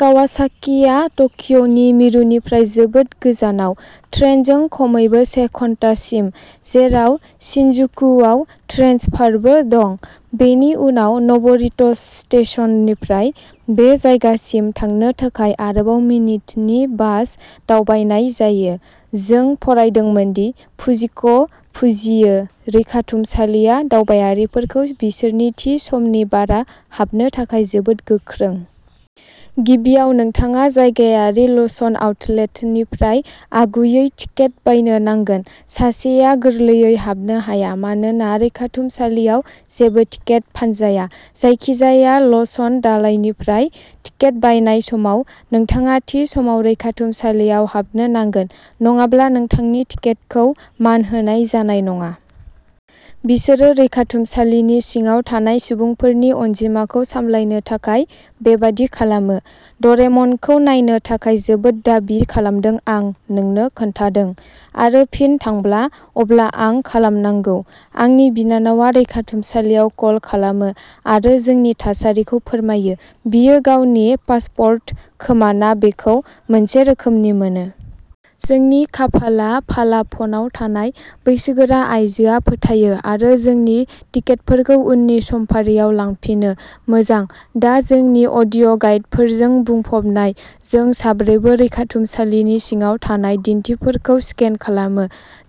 कावासाकिआ टकिय'नि मिरुनिफ्राय जोबोद गोजानाव, ट्रेनजों खमैबो से घन्टासिम, जेराव शिनजुकुआव ट्रेन्सफारबो दं। बेनि उनाव नब'रिट'स्टेशननिफ्राय, बे जायगासिम थांनो थाखाय आरोबाव मिनिटनि बास दावबायनाय जायो। जों फरायदोंमोन दि फुजिको फुजियो रैखाथुमसालिया दावबायारिफोरखौ बिसोरनि थि समनि बारा हाबनो थाखाय जोबोद गोख्रों। गिबियाव, नोंथाङा जायगायारि ल'सन आउटलेटनिफ्राय आगुयै टिकेट बायनो नांगोन। सासेआ गोरलैयै हाबनो हाया मानोना रैखाथुमसालियाव जेबो टिकेट फानजाया। जायखिजाया ल'सन दालायनिफ्राय टिकेट बायनाय समाव, नोंथाङा थि समाव रैखाथुमसालियाव हाबनो नांगोन नङाब्ला नोंथांनि टिकेटखौ मान होनाय जानाय नङा। बिसोरो रैखाथुमसालिनि सिङाव थानाय सुबुंफोरनि अनजिमाखौ सामलायनो थाखाय बेबादि खालामो। ड'रेमनखौ नायनो थाखाय जोबोद दाबि खालामदों आं नोंनो खोन्थादों! आरो फिन थांब्ला, अब्ला मा खालामनांगौ? आंनि बिनानावआ रैखाथुमसालियाव कल खालामो आरो जोंनि थासारिखौ फोरमायो, बियो गावनि पासपोर्ट खोमाना बेखौ मोनसे रोखोमनि मोनो। जोंनि खाफालाफाला फ'नाव थानाय बैसोगोरा आइजोआ फोथायो आरो जोंनि टिकेटफोरखौ उननि समफारियाव लांफिनो। मोजां! दा जोंनि अडिअ'गाइडफोरजों बुंफबनाय, जों साब्रैबो रैखाथुमसालिनि सिङाव थानाय दिन्थिफोरखौ स्केन खालामो।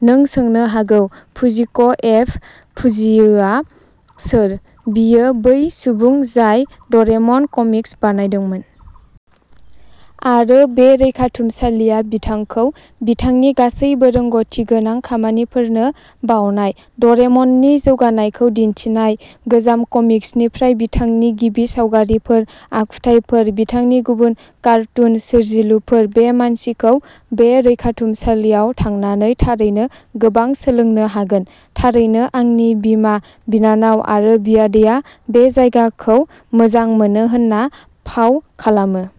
नों सोंनो हागौ फुजिक'एफ. फुजियोआ सोर। बियो बै सुबुं जाय ड'रेमन कमिक्स बानायदोंमोन! आरो बे रैखाथुमसालिया बिथांखौ, बिथांनि गासैबो रोंग'थिगोनां खामानिफोरनो बावनाय। ड'रेमननि जौगानायखौ दिन्थिनाय गोजाम कमिक्सनिफ्राय, बिथांनि गिबि सावगारिफोर, आखुथायफोर, बिथांनि गुबुन कार्टुन सोरजिलुफोर, बे मानसिखौ बे रैखाथुमसालियाव थांनानै थारैनो गोबां सोलोंनो हागोन। थारैनो, आंनि बिमा, बिनानाव आरो बियादैआ बे जायगाखौ मोजां मोनो होनना फाव खालामो।